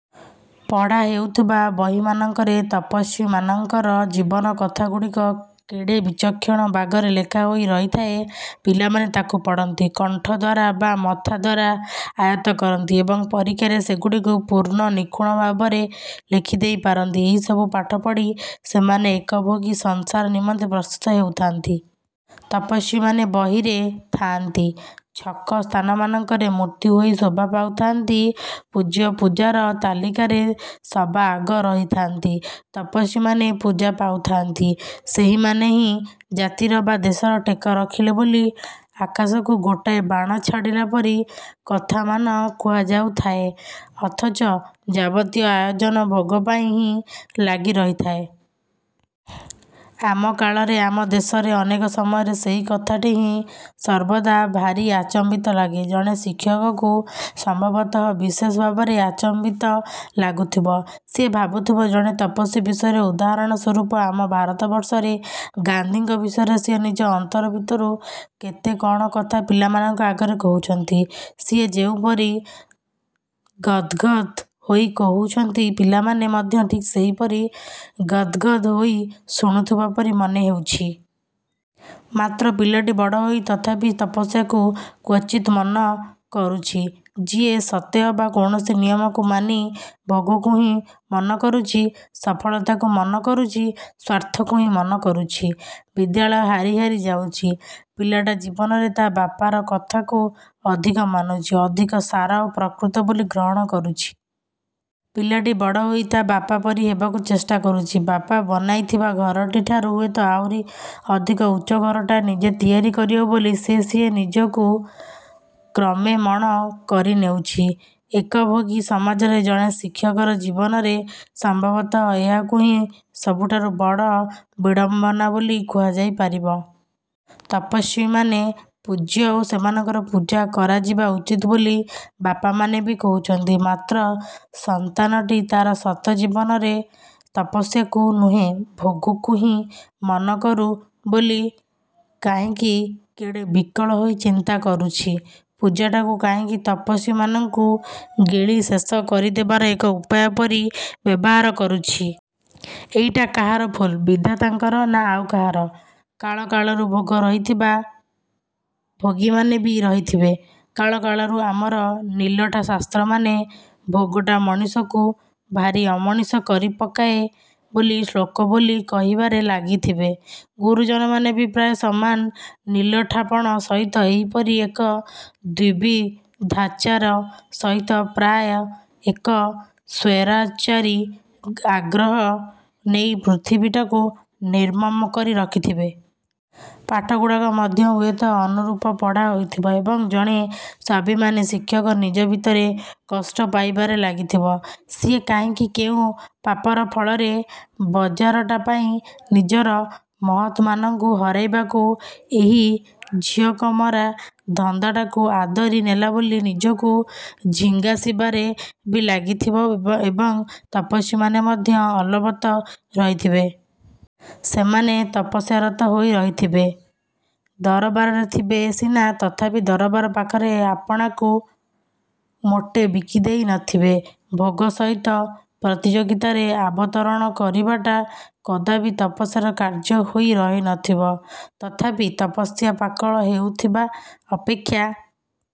ପଢ଼ା ହେଉଥିବା ବହିମାନଙ୍କରେ ତପସ୍ୱୀମାନଙ୍କର ଜୀବନ କଥାଗୁଡ଼ିକ କେଡ଼େ ବିଚକ୍ଷଣ ବାଗରେ ଲେଖା ହୋଇ ରହିଥାଏ। ପିଲାମାନେ ତାକୁ ପଢ଼ନ୍ତି, କଣ୍ଠ ଦ୍ଵାରା ବା ମଥା ଦ୍ୱାରା ଆୟତ୍ତ କରନ୍ତି ଏବଂ ପରୀକ୍ଷାରେ ସେଗୁଡ଼ିକୁ ପୂର୍ଣ୍ଣ ନିଖୁଣ ଭାବରେ ଲେଖିଦେଇ ପାରନ୍ତି। ଏହିସବୁ ପାଠ ପଢ଼ି ସେମାନେ ଏକ ଭୋଗୀ ସଂସାର ନିମନ୍ତେ ପ୍ରସ୍ତୁତ ହେଉଥାନ୍ତି। ତପସ୍ୱୀମାନେ ବହିରେ ଥାଆନ୍ତି, ଛକ ସ୍ଥାନମାନଙ୍କରେ ମୂର୍ତ୍ତି ହୋଇ ଶୋଭା ପାଉଥାଆନ୍ତି, ପୂଜ୍ୟ ପୂଜାର ତାଲିକାରେ ସବା ଆଗ ରହିଥାନ୍ତି। ତପସ୍ୱୀମାନେ ପୂଜା ପାଉଥାଆନ୍ତି, ସେହିମାନେ ହିଁ ଜାତିର ବା ଦେଶର ଟେକ ରଖିଲେ ବୋଲି ଆକାଶକୁ ଗୋଟାଏ ବାଣ ଛାଡ଼ିଲା ପରି କଥାମାନ କୁହାଯାଉଥାଏ ଅଥଚ ଯାବତୀୟ ଆୟୋଜନ ଭୋଗ ପାଇଁ ହିଁ ଲାଗି ରହିଥାଏ। ଆମ କାଳରେ, ଆମ ଦେଶରେ ଅନେକ ସମୟରେ ସେହି କଥାଟି ହିଁ ସର୍ବଦା ଭାରି ଆଚମ୍ବିତ ଲାଗେ। ଜଣେ ଶିକ୍ଷକକୁ ସମ୍ଭବତଃ ବିଶେଷ ଭାବରେ ଆଚମ୍ବିତ ଲାଗୁଥିବ। ସିଏ ଭାବୁଥିବ, ଜଣେ ତପସ୍ୱୀ ବିଷୟରେ ଉଦାହରଣ ସ୍ଵରୂପ ଆମ ଭାରତବର୍ଷରେ ଗାନ୍ଧୀଙ୍କ ବିଷୟରେ ସିଏ ନିଜ ଅନ୍ତର ଭିତରୁ କେତେ କଣ କଥା ପିଲାମାନଙ୍କ ଆଗରେ କହୁଛନ୍ତି, ସିଏ ଯେଉଁପରି ଗଦ୍ଗଦ୍ ହୋଇ କହୁଛନ୍ତି ପିଲାମାନେ ମଧ୍ୟ ଠିକ୍ ସେହିପରି ଗଦ୍ଗଦ୍ ହୋଇ ଶୁଣୁଥିବା ପରି ମନେହେଉଛି। ମାତ୍ର ପିଲାଟି ବଡ଼ ହୋଇ ତଥାପି ତପସ୍ୟାକୁ କ୍ଵଚିତ ମନ କରୁଛି, ଯିଏ ସତେଅବା କୌଣସି ନିୟମକୁ ମାନି ଭୋଗକୁ ହିଁ ମନ କରୁଛି, ସଫଳତାକୁ ମନ କରୁଛି, ସ୍ୱାର୍ଥକୁ ହିଁ ମନ କରୁଛି। ବିଦ୍ୟାଳୟ ହାରି ହାରି ଯାଉଛି, ପିଲାଟା ଜୀବନରେ ତା ବାପାର କଥାଟାକୁ ଅଧିକ ମାନୁଛି, ଅଧିକ ସାର ଓ ପ୍ରକୃତ ବୋଲି ଗ୍ରହଣ କରୁଛି। ପିଲାଟି ବଡ଼ ହୋଇ ତା ବାପା ପରି ହେବାକୁ ଚେଷ୍ଟା କରୁଛି। ବାପା ବନାଇଥିବା ଘରଟି ଠାରୁ ହୁଏତ ଆହୁରି ଅଧିକ ଉଚ୍ଚ ଘରଟାଏ ନିଜେ ତିଆରି କରିବ ବୋଲି ସିଏ ନିଜକୁ କ୍ରମେ ମଣ କରି ନେଉଛି। ଏକ ଭୋଗୀ ସମାଜରେ ଜଣେ ଶିକ୍ଷକର ଜୀବନରେ ସମ୍ଭବତଃ ଏହାକୁ ହିଁ ସବୁଠାରୁ ବଡ଼ ବିଡ଼ମ୍ବନା ବୋଲି କୁହାଯାଇ ପାରିବ। ତପସ୍ୱୀମାନେ ପୂଜ୍ୟ ଓ ସେମାନଙ୍କର ପୂଜା କରାଯିବା ଉଚିତ ବୋଲି ବାପାମାନେ ବି କହୁଛନ୍ତି। ମାତ୍ର ସନ୍ତାନଟି ତାର ସତ ଜୀବନରେ ତପସ୍ୟାକୁ ନୁହେଁ, ଭୋଗକୁ ହିଁ ମନକରୁ ବୋଲି କାହିଁକି କେଡ଼େ ବିକଳ ହୋଇ ଚିନ୍ତା କରୁଛି? ପୂଜାଟାକୁ କାହିଁକି ତପସ୍ୱୀମାନଙ୍କୁ ଗିଳି ଶେଷ କରିଦେବାର ଏକ ଉପାୟ ପରି ବ୍ୟବହାର କରୁଛି? ଏଇଟା କାହାର ଭୁଲ, ବିଧାତାଙ୍କର ନା ଆଉ କାହାର? କାଳକାଳକୁ ଭୋଗ ରହିଥିବ, ଭୋଗୀମାନେ ବି ରହିଥିବେ। କାଳକାଳକୁ ଆମର ନିଲଠା ଶାସ୍ତ୍ରମାନେ ଭୋଗଟା ମଣିଷକୁ ଭାରି ଅମଣିଷ କରିପକାଏ ବୋଲି ଶ୍ଳୋକ ବୋଲି କହିବାରେ ଲାଗିଥିବେ। ଗୁରୁଜନମାନେ ବି ପ୍ରାୟ ସମାନ ନିଲଠାପଣ ସହିତ ଏହିପରି ଏକ ଦ୍ୱିବିଧାଚାର ସହିତ ପ୍ରାୟ ଏକ ସ୍ୱୈରାଚାରୀ ଆଗ୍ରହ ନେଇ ପୃଥିବୀଟାକୁ ନିର୍ମମ କରି ରଖିଥିବେ। ପାଠଗୁଡ଼ାକ ମଧ୍ୟ ହୁଏତ ଅନୁରୂପ ପଢ଼ା ହେଉଥିବ ଏବଂ ଜଣେ ସ୍ଵାଭିମାନୀ ଶିକ୍ଷକ ନିଜ ଭିତରେ କଷ୍ଟ ପାଇବାରେ ଲାଗିଥିବ। ସିଏ କାହିଁକି କେଉଁ ପାପର ଫଳରେ ବଜାରଟା ପାଇଁ ନିଜର ମହତମାନଙ୍କୁ ହରାଇବାକୁ ଏହି ଝଅକମରା ଧନ୍ଦାଟାକୁ ଆଦରି ନେଲା ବୋଲି ନିଜକୁ ଝିଙ୍ଗାସିବାରେ ବି ଲାଗିଥିବ ଏବଂ ତପସ୍ୱୀମାନେ ମଧ୍ୟ ଅଲବତ ରହିଥିବେ। ସେମାନେ ତପସ୍ୟାରତ ହୋଇ ରହିଥିବେ। ଦରବାରରେ ଥିବେ ସିନା ତଥାପି ଦରବାର ପାଖରେ ଆପଣାକୁ ମୋଟେ ବିକିଦେଇ ନଥିବେ। ଭୋଗ ସହିତ ପ୍ରତିଯୋଗିତାରେ ଅବତରଣ କରିବାଟା କଦାପି ତପସ୍ୟାର କାର୍ଯ୍ୟ ହୋଇ ରହିନଥିବ। ତଥାପି ତପସ୍ୟା ପାକଳ ହେଉଥିବା ଅପେକ୍ଷା